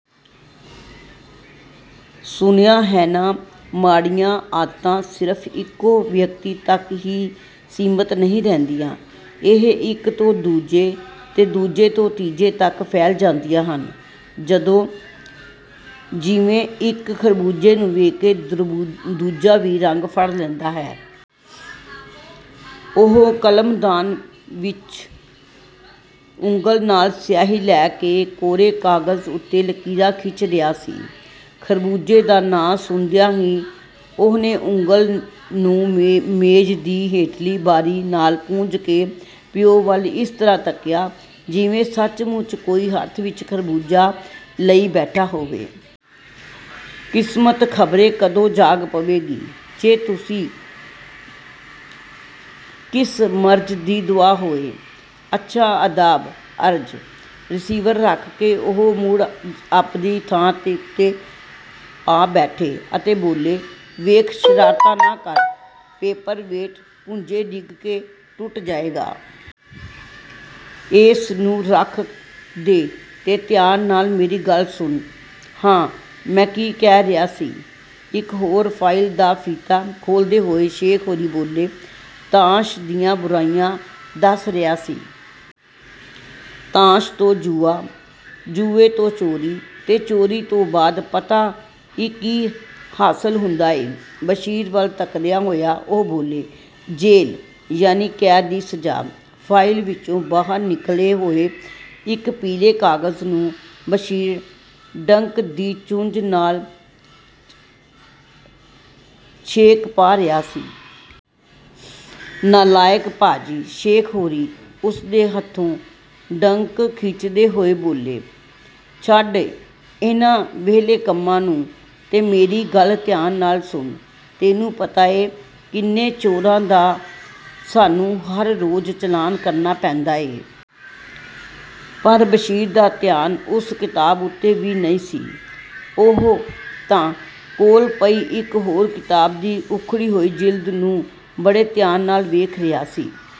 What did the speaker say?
"ਸੁਣਿਆ ਹੈ ਨਾ? ਮਾੜੀਆਂ ਆਦਤਾਂ ਸਿਰਫ਼ ਇੱਕੋ ਵਿਅਕਤੀ ਤੱਕ ਹੀ ਸੀਮਤ ਨਹੀਂ ਰਹਿੰਦੀਆਂ। ਇਹ ਇੱਕ ਤੋਂ ਦੂਜੇ ਅਤੇ ਦੂਜੇ ਤੋਂ ਤੀਜੇ ਤੱਕ ਫੈਲ ਜਾਂਦੀਆਂ ਹਨ, ਜਦੋਂ ਜਿਵੇਂ ਇੱਕ ਖ਼ਰਬੂਜ਼ੇ ਨੂੰ ਵੇਖ ਕੇ ਦੂਜਾ ਵੀ ਰੰਗ ਫੜ ਲੈਂਦਾ ਹੈ।" ਉਹ ਕਲਮਦਾਨ ਵਿੱਚ ਉਂਗਲ ਨਾਲ ਸਿਆਹੀ ਲੈ ਕੇ ਕੋਰੇ ਕਾਗਜ਼ ਉੱਤੇ ਲਕੀਰਾਂ ਖਿੱਚ ਰਿਹਾ ਸੀ। ਖ਼ਰਬੂਜ਼ੇ ਦਾ ਨਾਂ ਸੁਣਦਿਆਂ ਹੀ ਉਹਨੇ ਉਂਗਲ ਨੂੰ ਮੇਜ਼ ਦੀ ਹੇਠਲੀ ਬਾਹੀ ਨਾਲ ਪੂੰਝ ਕੇ ਪਿਉ ਵੱਲ ਇਸ ਤਰ੍ਹਾਂ ਤੱਕਿਆ, ਜਿਵੇਂ ਸੱਚ-ਮੁੱਚ ਕੋਈ ਹੱਥ ਵਿਚ ਖ਼ਰਬੂਜ਼ਾ ਲਈ ਬੈਠਾ ਹੋਵੇ। ਕਿਸਮਤ ਖ਼ਬਰੇ ਕਦੋਂ ਜਾਗ ਪਵੇਗੀ। ਤੇ ਤੁਸੀਂ ਕਿਸ ਮਰਜ਼ ਦੀ ਦੁਆ ਹੋਏ। ਅੱਛਾ, ਆਦਾਬ-ਅਰਜ਼। ਰਿਸੀਵਰ ਰੱਖ ਕੇ ਉਹ ਮੁੜ ਆਪਦੀ ਥਾਂ ਉੱਤੇ ਆ ਬੈਠੇ ਅਤੇ ਬੋਲੇ, "ਵੇਖ ਸ਼ਰਾਰਤਾਂ ਨਾ ਕਰ, ਪੇਪਰ-ਵੇਟ ਭੁੰਜੇ ਡਿੱਗ ਕੇ ਟੁੱਟ ਜਾਏਗਾ। ਏਸ ਨੂੰ ਰੱਖ ਦੇ ਤੇ ਧਿਆਨ ਨਾਲ ਮੇਰੀ ਗੱਲ ਸੁਣ। ਹਾਂ, ਮੈਂ ਕੀ ਕਹਿ ਰਿਹਾ ਸੀ? " ਇੱਕ ਹੋਰ ਫਾਈਲ ਦਾ ਫੀਤਾ ਖੋਲ੍ਹਦੇ ਹੋਏ ਸ਼ੇਖ ਹੋਰੀਂ ਬੋਲੇ, "ਤਾਸ਼ ਦੀਆਂ ਬੁਰਾਈਆਂ ਦੱਸ ਰਿਹਾ ਸੀ। ਤਾਸ਼ ਤੋਂ ਜੂਆ, ਜੂਏ ਤੋਂ ਚੋਰੀ, ਤੇ ਚੋਰੀ ਤੋਂ ਬਾਅਦ, ਪਤਾ ਈ ਕੀ ਹਾਸਲ ਹੁੰਦਾ ਏ? " ਬਸ਼ੀਰ ਵੱਲ ਤੱਕਦਿਆਂ ਹੋਇਆਂ ਉਹ ਬੋਲੇ, "ਜੇਲ੍ਹ, ਯਾਨੀ ਕੈਦ ਦੀ ਸਜ਼ਾ।" ਫਾਈਲ ਵਿਚੋਂ ਬਾਹਰ ਨਿਕਲੇ ਹੋਏ ਇੱਕ ਪੀਲੇ ਕਾਗਜ਼ ਨੂੰ ਬਸ਼ੀਰ ਡੰਕ ਦੀ ਚੁੰਝ ਨਾਲ ਛੇਕ ਪਾ ਰਿਹਾ ਸੀ। "ਨਾਲਾਇਕ, ਪਾਜੀ", ਸ਼ੇਖ ਹੋਰੀਂ ਉਸ ਦੇ ਹੱਥੋਂ ਡੰਕ ਖਿੱਚਦੇ ਹੋਏ ਬੋਲੇ, "ਛੱਡ ਇਨ੍ਹਾਂ ਵਿਹਲੇ ਕੰਮਾਂ ਨੂੰ ਤੇ ਮੇਰੀ ਗੱਲ ਧਿਆਨ ਨਾਲ ਸੁਣ। ਤੈਨੂੰ ਪਤਾ ਏ, ਕਿੰਨੇ ਚੋਰਾਂ ਦਾ ਸਾਨੂੰ ਹਰ ਰੋਜ਼ ਚਲਾਨ ਕਰਨਾ ਪੈਂਦਾ ਏ? ਪਰ ਬਸ਼ੀਰ ਦਾ ਧਿਆਨ ਉਸ ਕਿਤਾਬ ਉੱਤੇ ਵੀ ਨਹੀਂ ਸੀ। ਉਹ ਤਾਂ ਕੋਲ ਪਈ ਇੱਕ ਹੋਰ ਕਿਤਾਬ ਦੀ ਉੱਖੜੀ ਹੋਈ ਜਿਲਦ ਨੂੰ ਹੀ ਬੜੇ ਧਿਆਨ ਨਾਲ ਵੇਖ ਰਿਹਾ ਸੀ।